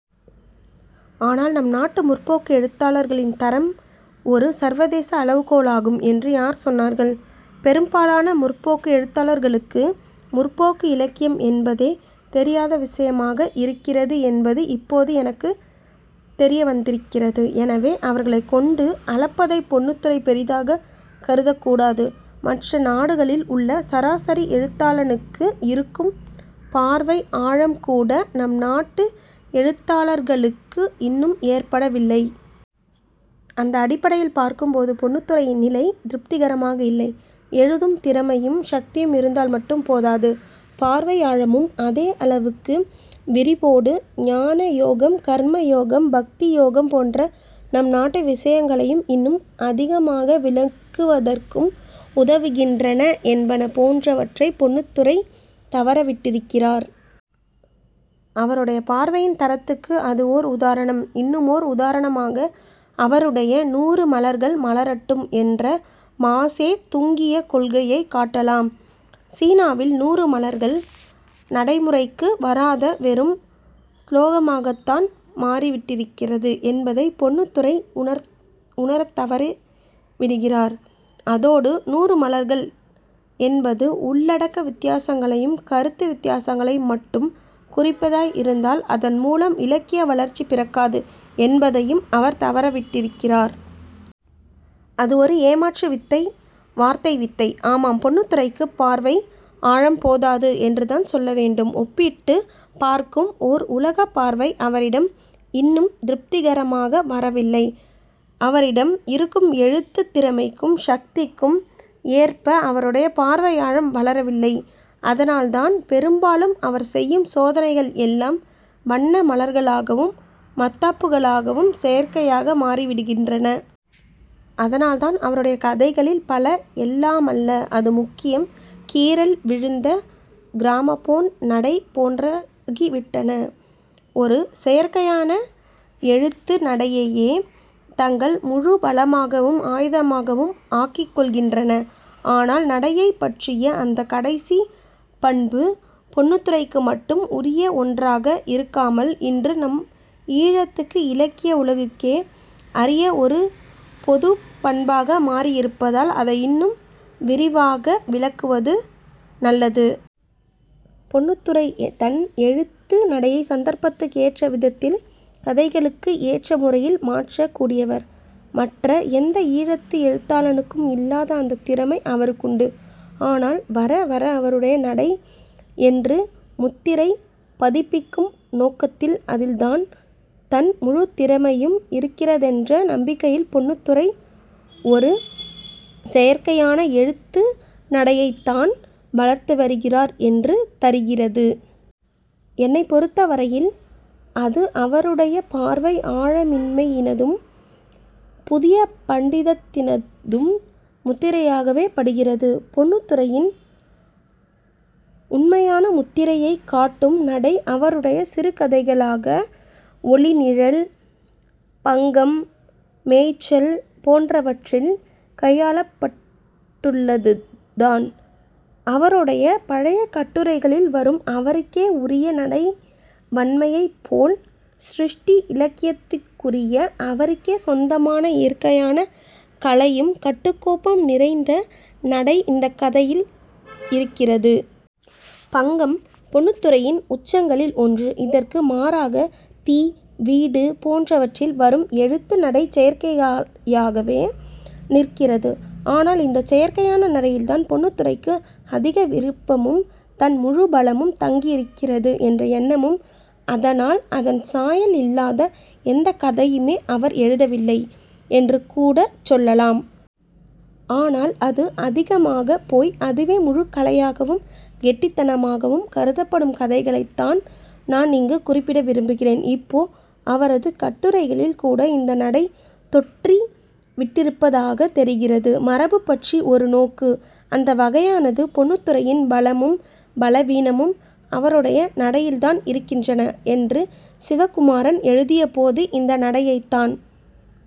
ஆனால் நம் நாட்டு 'முற்போக்கு' எழுத்தாளர்களின் தரம் ஒரு சர்வதேச அளவுகோலாகும் என்று யார் சொன்னார்கள் பெரும்பாலான 'முற்போக்கு' எழுத்தாளர்களுக்கு முற்போக்கு இலக்கியம் என்பதே தெரியாத விசயமாக இருக்கிறது என்பது இப்போது எனக்குத் தெரியவந்திருக்கிறது. எனவே, அவர்களைக் கொண்டு அளப்பதைப் பொன்னுத்துரை பெரிதாக கருதக்கூடாது. மற்ற நாடுகளில் உள்ள சராசரி எழுத்தாளனுக்கு இருக்கும் பார்வை ஆழம்கூட நம் நாட்டு எழுத்தாளர்களுக்கு இன்னும் ஏற்படவில்லை. அந்த அடிப்படையில் பார்க்கும்போது பொன்னுத்துரையின் நிலை திருப்திகரமாக இல்லை. எழுதும் திறமையும் சக்தியும் இருந்தால் மட்டும் போதாது. பார்வை ஆழமும் அதே அளவுக்கு வேண்டும். விரிவோடு ஞானயோகம் கர்மயோகம் பக்தியோகம் போன்ற நம் நாட்டு விசயங்களையும் இன்னும் அதிகமாக விளக்குவதற்கும் உதவுகின்றன என்பன போன்றவற்றைப் பொன்னுத்துரை தவறவிட்டிருக்கிறார். அவருடைய பார்வையின் தரத்துக்கு அது ஓர் உதாரணம். இன்னுமோர் உதாரணமாக அவருடைய 'நூறு மலர்கள் மலரட்டும் என்ற மாசே துங்கிய கொள்கையைக் காட்டலாம். சீனாவில் 'நூறு மலர்கள்' நடைமுறைக்கு வராத வெறும் சுலோகமாகத்தான் மாறிவிட்டிருக்கிறது என்பதைப் பொன்னுத்துரை உணரத்தவறிவிடுகிறார். அதோடு 'நூறு மலர்கள்' என்பது உள்ளடக்க வித்தியாசங்களையும் கருத்து வித்தியாசங்களையும் மட்டும் குறிப்பதாய் இருந்தால் அதன்மூலம் இலக்கிய வளர்ச்சி பிறக்காது என்பதையும் அவர் தவறவிட்டிருக்கிறார். அது வெறும் ஏமாற்றுவித்தை, வார்த்தை வித்தை. ஆமாம் பொன்னுத்துரைக்குப் பார்வை ஆழம் போதாது என்றுதான் சொல்ல வேண்டும். ஒப்பிட்டுப் பார்க்கும் ஓர் உலகப் பார்வை அவரிடம் இன்னும் திருப்திகரமாக வளரவில்லை. அவரிடம் இருக்கும் எழுத்துத் திறமைக்கும் சக்திக்கும் ஏற்ப அவருடைய பார்வை ஆழம் வளரவில்லை. அதனால்தான் பெரும்பாலும் அவர் செய்யும் சோதனைகள் எல்லாம் வண்ணமலர்களாகவும் மத்தாப்புகளாகவும் செயற்கையாக மாறிவிடுகின்றன. அதனால்தான் அவருடைய கதைகளில் பல, எல்லாமல்ல அது முக்கியம் கீறல் விழுந்த கிராமபோன் நடை போன்றாகிவிட்ட ஒரு செயற்கையான எழுத்து நடையையே தங்கள் முழு பலமாகவும் ஆயுதமாகவும் ஆக்கிக்கொள்கின்றன. ஆனால் நடையைப் பற்றிய இந்தக் கடைசிப் பண்பு பொன்னுத்துரைக்கு மட்டும் உரிய ஒன்றாக இருக்காமல் இன்று நம் ஈழத்து இலக்கிய உலகுக்கே உரிய ஒரு பொதுப் பண்பாக மாறியிருப்பதால் அதை இன்னும் விரிவாக விளக்குவது நல்லது. பொன்னுத்துரை தன் எழுத்து நடையைச் சந்தர்ப்பத்துக்கு ஏற்றவிதத்தில் கதைகளுக்கு ஏற்ற முறையில் மாற்றக் கூடியவர். மற்ற எந்த ஈழத்து எழுத்தாளனுக்கும் இல்லாத அந்தத் திறமை அவருக்குண்டு. ஆனால் வர வர அவருடைய நடை என்று முத்திரை பதிப்பிக்கும் நோக்கத்தில், அதில்தான் தன் முழுத் திறமையும் இருக்கிறதென்ற நம்பிக்கையில் பொன்னுத்துரை ஒரு செயற்கையான எழுத்து நடையைத்தான் வளர்த்து வருகிறார் என்று தரிகிறது. என்னைப் பொருத்தவரையில் அது அவருடைய பார்வை ஆழமின்மையினதும் புதிய பண்டிதத்தினதும் முத்திரையாகவே படுகிறது. பொன்னுத்துரையின் உண்மையான முத்திரையைக் காட்டும் நடை, அவருடைய சிறுகதைகளான 'ஒளி', 'நிழல்', 'பங்கம்', 'மேய்ச்சல்' போன்றவற்றில் கையாளப்பட்டுள்ளதுதான். அவருடைய பழைய கட்டுரைகளில் வரும் அவருக்கே உரிய நடைவன்மையைப் போல் சிருஷ்டி இலக்கியத்துக்குரிய அவருக்கே சொந்தமான இயற்கையான கலையும் கட்டுக்கோப்பும் நிறைந்த நடை இந்தக் கதைகளில் இருக்கிறது. 'பங்கம்' பொன்னுத்துரையின் உச்சங்களில் ஒன்று. இதற்கு மாறாக 'தீ' 'வீடு' போன்றவற்றில் வரும் எழுத்து நடை செயற்கையாகவே நிற்கிறது. ஆனால் இந்தச் செயற்கையான நடையில்தான் பொன்னுத்துரைக்கு அதிக விருப்பமும், தன் முழு பலமும் தங்கியிருக்கிறது என்ற எண்ணமும். அதனால் அதன் சாயல் இல்லாத எந்தக் கதையுமே அவர் எழுதவில்லை என்று கூடச் சொல்லலாம். ஆனால் அது அதிகமாகப் போய் அதுவே முழுக் கலையாகவும் கெட்டித்தனமாகவும் கருதப்படும் கதைகளைத்தான் நான் இங்கு குறிப்பிட விரும்புகிறேன். இப்போ அவரது கட்டுரைகளில்கூட இந்த நடை தொற்றிவிட்டிருப்பதாகத் தெரிகிறது. 'மரபுபற்றி ஒரு நோக்கு' அந்த வகையானது. பொன்னுத்துரையின் பலமும் பலவீனமும் அவருடைய நடையில்தான் இருக்கின்றன என்று சிவகுமாரன் எழுதியபோது இந்த நடையைத்தான்